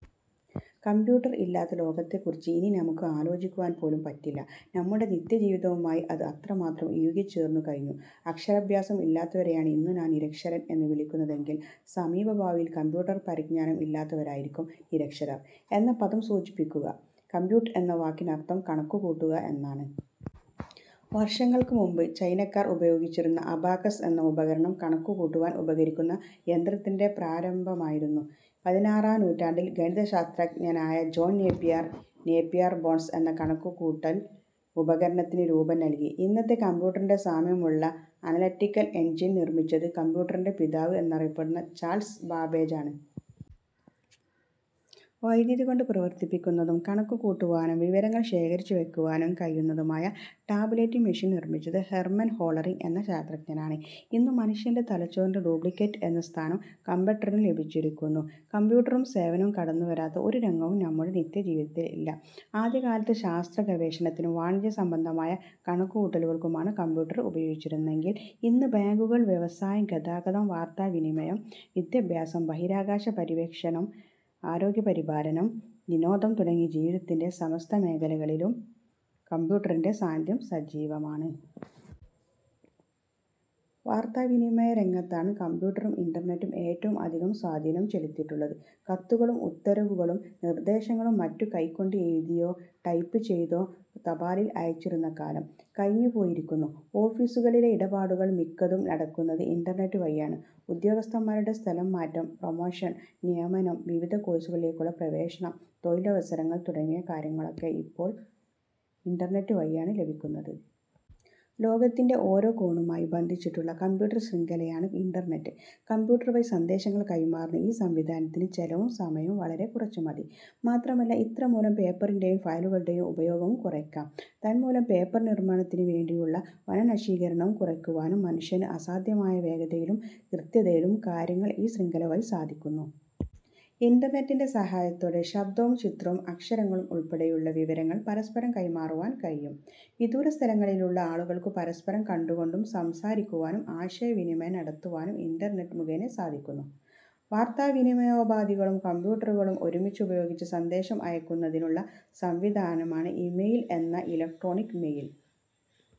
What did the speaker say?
Computer ഇല്ലാത്ത ലോകത്തെക്കുറിച്ച് ഇനി നമുക്ക് ആലോചിക്കുവാൻ പോലും പറ്റില്ല. നമ്മുടെ നിത്യജീവിതവുമായി അത് അത്രമാത്രം ഇഴു കിച്ചേർന്നുകഴിഞ്ഞു. അക്ഷരാഭ്യാസം ഇല്ലാത്തവരെയാണ് ഇന്നു നാം നിരക്ഷരർ എന്നുവിളിക്കുന്നതെങ്കിൽ സമീപഭാവിയിൽ കമ്പ്യൂട്ടർ പരിജ്ഞാനം ഇല്ലാത്തവരായിരിക്കും നിരക്ഷരർ എന്ന പദം സൂചിപ്പി ക്കുക. 'കമ്പ്യൂട്ട് എന്ന വാക്കിനർത്ഥം കണക്കുകൂട്ടുക എന്നാണ്. വർഷങ്ങൾക്കുമുമ്പ് ചൈനാക്കാർ ഉപയോഗിച്ചിരുന്ന "അബാക്കസ്' എന്ന ഉപകരണം കണക്കുകൂട്ടുവാൻ ഉപകരിക്കുന്ന യന്ത്രത്തിന്റെ പ്രാരംഭമായിരുന്നു. പതിനാറാം നൂറ്റാണ്ടിൽ ഗണിതശാസ്ത്രജ്ഞനായ ജോൺ നേപ്പിയർ, നേപ്പിയർ ബോൺസ് എന്ന കണക്കുകൂട്ടൽ ഉപക രണത്തിന് രൂപം നൽകി. ഇന്നത്തെ കമ്പ്യൂട്ടറിന്റെ സാമ്യമുള്ള അന ലറ്റിക്കൽ എൻജിൻ നിർമ്മിച്ചത് കമ്പ്യൂട്ടറിന്റെ പിതാവ് എന്നറിയപ്പെടുന്ന ചാൾസ് ബാബേജ് ആണ്. വൈദ്യുതികൊണ്ട് പ്രവർത്തിപ്പിക്കുന്നതും കണക്കുകൂട്ടുവാനും വിവരങ്ങൾ ശേഖരിച്ചുവയ്ക്കുവാനും കഴിയുന്നതു മായ ടാബുലേറ്റിങ് മെഷീൻ നിർമ്മിച്ചത് ഹെർമൻ ഹോളറിങ് എന്ന ശാസ്ത്രജ്ഞനാണ്. ഇന്നു മനുഷ്യന്റെ തലച്ചോറിന്റെ ഡ്യൂപ്ലിക്കേറ്റ് എന്ന സ്ഥാനം കമ്പ ട്ടറിനു ലഭിച്ചിരിക്കുന്നു. കമ്പ്യൂട്ടറും സേവനവും കടന്നുവരാത്ത ഒരു രംഗവും നമ്മുടെ നിത്യജീവിതത്തിൽ ഇല്ല. ആദ്യകാലത്ത് ശാസ്ത്ര ഗവേഷണത്തിനും വാണിജ്യസംബന്ധമായ കണക്കുകൂട്ടലുകൾക്കുമാണ് കമ്പ്യൂട്ടർ ഉപയോഗിച്ചിരുന്നതെങ്കിൽ ഇന്ന് ബാങ്കുകൾ, വ്യവസായം, ഗതാഗതം, വാർത്താവിനിമയം, വിദ്യാഭ്യാസം, ബഹിരാകാശ പര്യവേക്ഷ ണം, ആരോഗ്യപരിപാലനം, വിനോദം തുടങ്ങി ജീവിതത്തിന്റെ സമസ്ത മേഖല കളിലും കമ്പ്യൂട്ടറിന്റെ സാന്നിധ്യം സജീവമാണ്. വാർത്താവിനിമയരംഗത്താണ് കമ്പ്യൂട്ടറും ഇന്റർനെറ്റും ഏറ്റവും അധികം സ്വാധീനം ചെലുത്തിയിട്ടുള്ളത്. കത്തുകളും ഉത്തരവുകളും നിർദ്ദേശങ്ങളും മറ്റും കൈകൊണ്ട് എഴുതിയോ ടൈപ്പ് ചെയ്താ തപാലിൽ അയച്ചിരുന്ന കാലം കഴിഞ്ഞുപോയിരിക്കുന്നു. ഓഫീസു കളിലെ ഇടപാടുകൾ മിക്കതും നടക്കുന്നത് ഇന്റർനെറ്റ് വഴിയാണ്. ഉദ്യോഗസ്ഥന്മാരുടെ സ്ഥലംമാറ്റം, പ്രൊമോഷൻ, നിയമനം, വിവിധ കോഴ്സുകളിലേക്കുള്ള പ്രവേശനം, തൊഴിലവസരങ്ങൾ തുടങ്ങിയ കാര്യങ്ങളൊക്കെ ഇപ്പോൾ ഇന്റർനെറ്റ് വഴിയാണ് ലഭിക്കുന്നത്. ലോകത്തിന്റെ ഓരോ കോണുമായി ബന്ധിച്ചിട്ടുള്ള കമ്പ്യൂട്ടർ ശൃംഖ ലയാണ് ഇന്റർനെറ്റ്. കമ്പ്യൂട്ടർ വഴി സന്ദേശങ്ങൾ കൈമാറുന്ന ഈ സംവിധാനത്തിന് ചെലവും സമയവും വളരെ കുറച്ചുമതി. മാത്രമല്ല, ഇതുമൂലം പേപ്പറിന്റെയും ഫയലുകളുടെയും ഉപയോഗവും കുറ യ്ക്കാം. തന്മൂലം പേപ്പർനിർമ്മാണത്തിനുവേണ്ടിയുള്ള വനനശീകര ണവും കുറയ്ക്കുവാനാകും. മനുഷ്യന് അസാധ്യമായ വേഗതയിലും കൃത്യതയിലും കാര്യങ്ങൾ ഈ ശൃംഖല വഴി സാധിക്കുന്നു. ഇന്റർനെറ്റിന്റെ സഹായത്തോടെ ശബ്ദവും ചിത്രവും അക്ഷരങ്ങളും ഉൾപ്പെടെയുള്ള വിവരങ്ങൾ പരസ്പരം കൈമാറുവാൻ കഴിയും. വിദൂരസ്ഥലങ്ങളിലുള്ള ആളുകൾക്കു പരസ്പരം കണ്ടുകൊണ്ടു സംസാ രിക്കുവാനും ആശയ വിനിമയം നടത്തുവാനും ഇന്റർനെറ്റ് മുഖേന സാധിക്കുന്നു. വാർത്താവിനിമയോപാധികളും കമ്പ്യൂട്ടറുകളും ഒരുമിച്ചു പയോഗിച്ച് സന്ദേശം അയ യ്ക്കുന്നതിനുളള സംവിധാനമാണ് ഇമെയിൽ എന്ന ഇലക്ട്രോണിക് മെയിൽ.